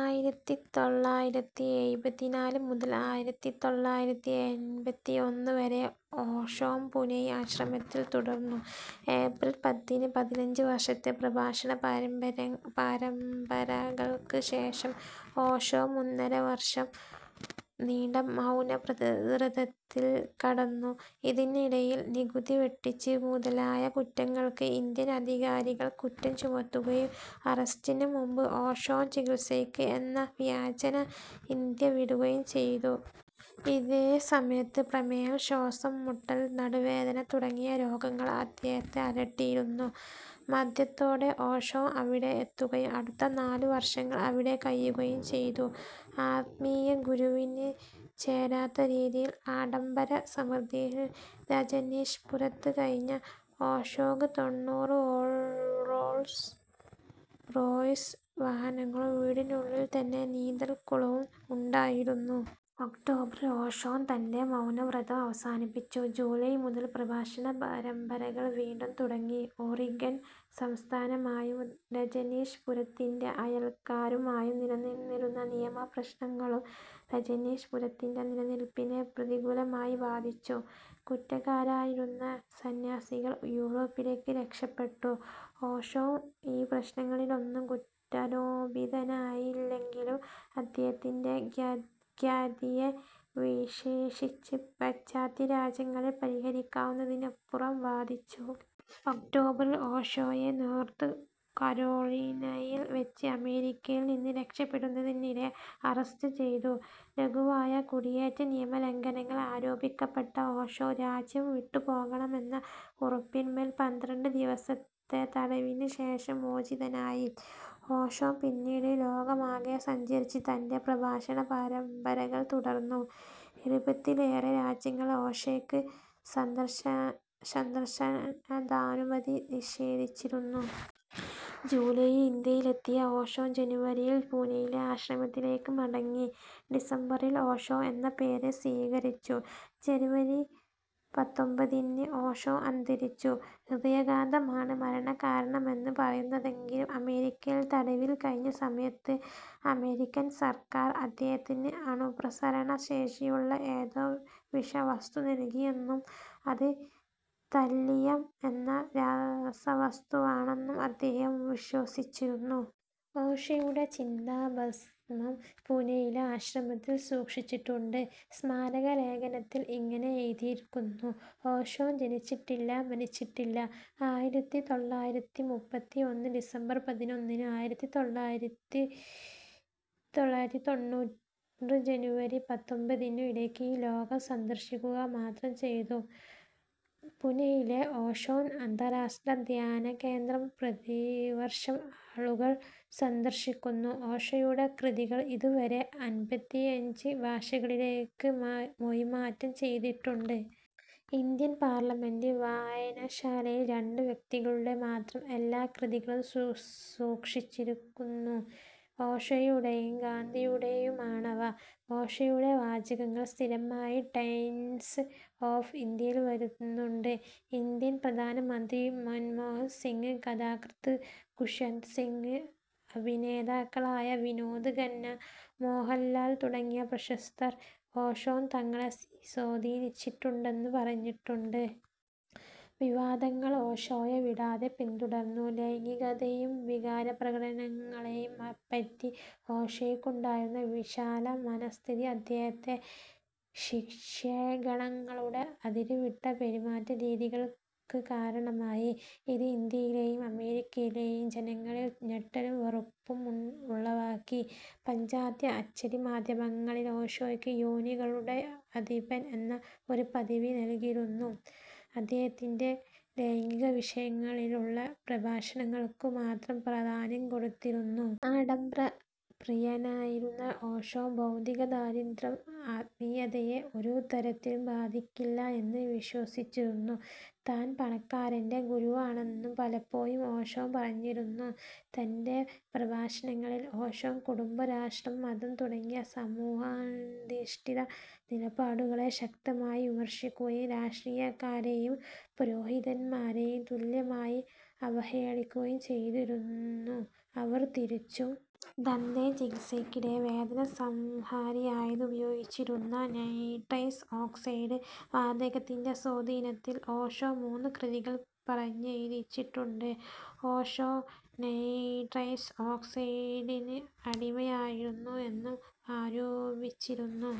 ആയിരത്തിത്തൊള്ളായിരത്തിഎഴുപത്തിനാല് മുതൽ ആയിരത്തിതൊള്ളായിരത്തിഎൻപത്തിയൊന്നു വരെ ഓഷോ പൂനെ ആശ്രമത്തിൽ തുടർന്നു. ഏപ്രിൽ പത്തിന് ,പതിനഞ്ച് വർഷത്തെ പ്രഭാഷണ പരമ്പരകൾക്കു ശേഷം ഓഷോ മൂന്നരവർഷം നീണ്ട മൗനവ്രതത്തിൽ കടന്നു. ഇതിനിടയിൽ നികുതി വെട്ടിച്ച് മുതലായ കുറ്റങ്ങൾക്ക് ഇന്ത്യൻ അധികാരികൾ കുറ്റം ചുമത്തുകയും അറസ്റ്റിനു മുൻപ് ഓഷോ ചികിത്സയ്ക്ക് എന്ന വ്യാജേന ഇന്ത്യ വിടുകയും ചെയ്തു. ഇതേ സമയത്ത് പ്രമേഹം, ശ്വാസം മുട്ടൽ, നടുവേദന തുടങ്ങിയ രോഗങ്ങൾ അദ്ദേഹത്തെ അലട്ടിയിരുന്നു. മധ്യത്തോടെ ഓഷോ അവിടെ എത്തുകയും അടുത്ത നാലു വർഷങ്ങൾ അവിടെ കഴിയുകയും ചെയ്തു. ആത്മീയ ഗുരുവിനു ചേരാത്തരീതിയിൽ ആഡംബര സമൃദ്ധിയിൽ രജനീഷ്പുരത്ത് കഴിഞ്ഞ ഓഷോക്ക് തൊണ്ണൂറ് റോൾസ് റോയ്സ് വാഹനങ്ങളും വീടിനുള്ളിൽത്തന്നെ നീന്തൽക്കുളവും ഉണ്ടായിരുന്നു. ഒക്ടോബറിൽ ഓഷോ തന്റെ മൗനവ്രതം അവസാനിപ്പിച്ചു. ജൂലൈ മുതൽ പ്രഭാഷണ പരമ്പരകൾ വീണ്ടും തുടങ്ങി. ഓറിഗൺ സംസ്ഥാനമായും രജനീഷ്പുരത്തിന്റെ അയൽക്കാരുമായും നിലനിന്നിരുന്ന നിയമ പ്രശ്നങ്ങളും രജനീഷ്പുരത്തിന്റെ നിലനിൽപ്പിനെ പ്രതികൂലമായി ബാധിച്ചു. കുറ്റക്കാരായിരുന്ന സന്ന്യാസികൾ യൂറോപ്പിലേക്ക് രക്ഷപെട്ടു. ഓഷോ ഈ പ്രശ്നങ്ങളിലൊന്നും കുറ്റാരോപിതനായില്ലയെങ്കിലും അദ്ദേഹത്തിന്റെ ഖ്യാതിയെ വിശേഷിച്ച് പാശ്ചാത്യ രാജ്യങ്ങളിൽ പരിഹരിക്കാവുന്നതിനപ്പുറം ബാധിച്ചു. ഒക്ടോബറിൽ, ഓഷോയെ നോർത്ത് കരോളീനയിൽ വച്ച് അമേരിക്കയിൽ നിന്ന് രക്ഷപെടുന്നതിനിടെ അറസ്റ്റ് ചെയ്തു. ലഘുവായ കുടിയേറ്റ നിയമ ലംഘനങ്ങൾ ആരോപിക്കപ്പെട്ട ഓഷോ, രാജ്യം വിട്ടുപോകണമെന്ന ഉറപ്പിന്മേൽ പന്ത്രണ്ട് ദിവസത്തെ തടവിനു ശേഷം മോചിതനായി. ഓഷോ പിന്നീട് ലോകമാകെ സഞ്ചരിച്ച് തന്റെ പ്രഭാഷണ പരമ്പരകൾ തുടർന്നു. ഇരുപതിലേറെ രാജ്യങ്ങൾ ഓഷയ്ക്ക് സന്ദർശന സന്ദർശനാനുമതി നിഷേധിച്ചിരുന്നു. ജൂലൈയിൽ ഇന്ത്യയിലെത്തിയ ഓഷോ, ജനുവരിയിൽ പൂനെയിലെ ആശ്രമത്തിലേക്കു മടങ്ങി. ഡിസംബറിൽ ഓഷോ എന്ന പേര് സ്വീകരിച്ചു. ജനുവരി പത്തൊൻപതിന് ഓഷോ അന്തരിച്ചു. ഹൃദയാഘാതമാണ് മരണകാരണമെന്ന് പറയുന്നതെങ്കിലും, അമേരിക്കയിൽ തടവിൽ കഴിഞ്ഞ സമയത്ത് അമേരിക്കൻ സർക്കാർ അദ്ദേഹത്തിന് അണുപ്രസരണ ശേഷിയുള്ള ഏതോ വിഷവസ്തു നൽകിയെന്നും അത് താല്ലിയം എന്ന രാസവസ്തുവാണെന്നും അദ്ദേഹം വിശ്വസിച്ചിരുന്നു. ഓഷോയുടെ ചിതാഭസ്മം പൂനെയിലെ ആശ്രമത്തിൽ സൂക്ഷിച്ചിട്ടുണ്ട്. സ്മാരക ലേഘനത്തിൽ ഇങ്ങനെ എഴുതിയിരിക്കുന്നു "ഓഷോ ജനിച്ചിട്ടില്ല മരിച്ചിട്ടില്ല ". ആയിരത്തിതൊള്ളായിരത്തിമുപ്പത്തിയൊന്ന് ഡിസംബർ പതിനൊന്നിനും, ആയിരത്തിതൊള്ളായിരത്തിത്തൊണ്ണൂറ്‍ ജനുവരി പത്തൊൻപതിനും ഇടയ്ക്ക് ഈ ലോകം സന്ദർശിക്കുക മാത്രം ചെയ്തു. പൂനെയിലെ ഓഷോ അന്താരാഷ്ട്ര ധ്യാനകേന്ദ്രം പ്രതിവർഷം ആളുകൾ സന്ദർശിക്കുന്നു. ഓഷോയുടെ കൃതികൾ ഇതു വരെ അൻപത്തിയഞ്ച് ഭാഷകളിലേക്ക് മൊഴിമാറ്റം ചെയ്തിട്ടുണ്ട്. ഇന്ത്യൻ പാർലമന്റ് വായനശാലയിൽ രണ്ട് വ്യക്തികളുടെ മാത്രം എല്ലാ കൃതികളും സൂക്ഷിച്ചിരിക്കുന്നു ഓഷോയുടെയും ഗാന്ധിയുടെയുമാണവ. ഓഷോയുടെ വാചകങ്ങൾ സ്ഥിരമായി ടൈംസ് ഓഫ് ഇന്ത്യയിൽ വരുന്നുണ്ട്. ഇന്ത്യൻ പ്രധാനമന്ത്രി മൻമോഹൻ സിംഗ്, കഥാകൃത്ത് ഖുശ്വന്ത് സിങ്, അഭിനേതാക്കളായ വിനോദ് ഖന്ന, മോഹൻലാൽ തുടങ്ങിയ പ്രശസ്തർ ഓഷോ തങ്ങളെ സ്വാധീനിച്ചിട്ടുണ്ടന്ന് പറഞ്ഞിട്ടുണ്ട്. വിവാദങ്ങൾ ഓഷോയെ വിടാതെ പിന്തുടർന്നു. ലൈംഗികതെയും വികാരപ്രകടനങ്ങളെയും പറ്റി ഓഷോയ്ക്കുണ്ടായിരുന്ന വിശാല മനഃസ്ഥിതി അദ്ദേഹത്തിന്റെ ശിഷ്യഗണങ്ങളുടെ അതിരുവിട്ട പെരുമാറ്റരീതികൾക്ക് കാരണമായി. ഇത് ഇന്ത്യയിലേയും അമേരിക്കയിലേയും ജനങ്ങളിൽ ഞെട്ടലും വെറുപ്പും ഉളവാക്കി. പാശ്ചാത്യ അച്ചടി മാധ്യമങ്ങൾ, ഓഷോയ്ക്ക് "യോനികളുടെ അധിപൻ" എന്ന ഒരു പദവി നൽകുകയും, അദ്ദേഹത്തിന്റെ ലൈംഗിക വിഷയങ്ങളിലുള്ള പ്രഭാഷണങ്ങൾക്കു മാത്രം പ്രാധാന്യം കൊടുത്തിരുന്നു. ആഡംബര പ്രിയനായിരുന്ന ഓഷോ, ഭൗതിക ദാരിദ്ര്യം ആത്മീയതയെ ഒരു തരത്തിലും ബാധിക്കില്ല എന്ന് വിശ്വസിച്ചിരുന്നു. താൻ പണക്കാരന്റെ ഗുരുവാണെന്ന് പലപ്പോഴും ഓഷോ പറഞ്ഞിരുന്നു. തന്റെ പ്രഭാഷണങ്ങളിൽ ഓഷോ കുടുംബം, രാഷ്ട്രം, മതം തുടങ്ങിയ സമൂഹാധിഷ്ഠിത നിലപാടുകളെ ശക്തമായി വിമർശിക്കുകയും, രാഷ്ട്രീയക്കാരേയും പുരോഹിതന്മാരേയും, തുല്യമായി അവഹേളിക്കുകയും ചെയ്തിരുന്നു അവർ തിരിച്ചും. ദന്ത ചികിത്സയ്ക്കിടെ വേദന സംഹാരിയായുപയോഗിച്ചിരുന്ന നൈട്രസ് ഓക്സൈഡ് വാതകത്തിന്റെ സ്വാധീനത്തിൽ ഓഷോ മൂന്ന് കൃതികൾ പറഞ്ഞെഴുതിച്ചിട്ടുണ്ട്. ഓഷോ നൈട്രസ് ഓക്സൈഡിന് അടിമയായിരുന്നു എന്നും ആരോപിച്ചിരുന്നു.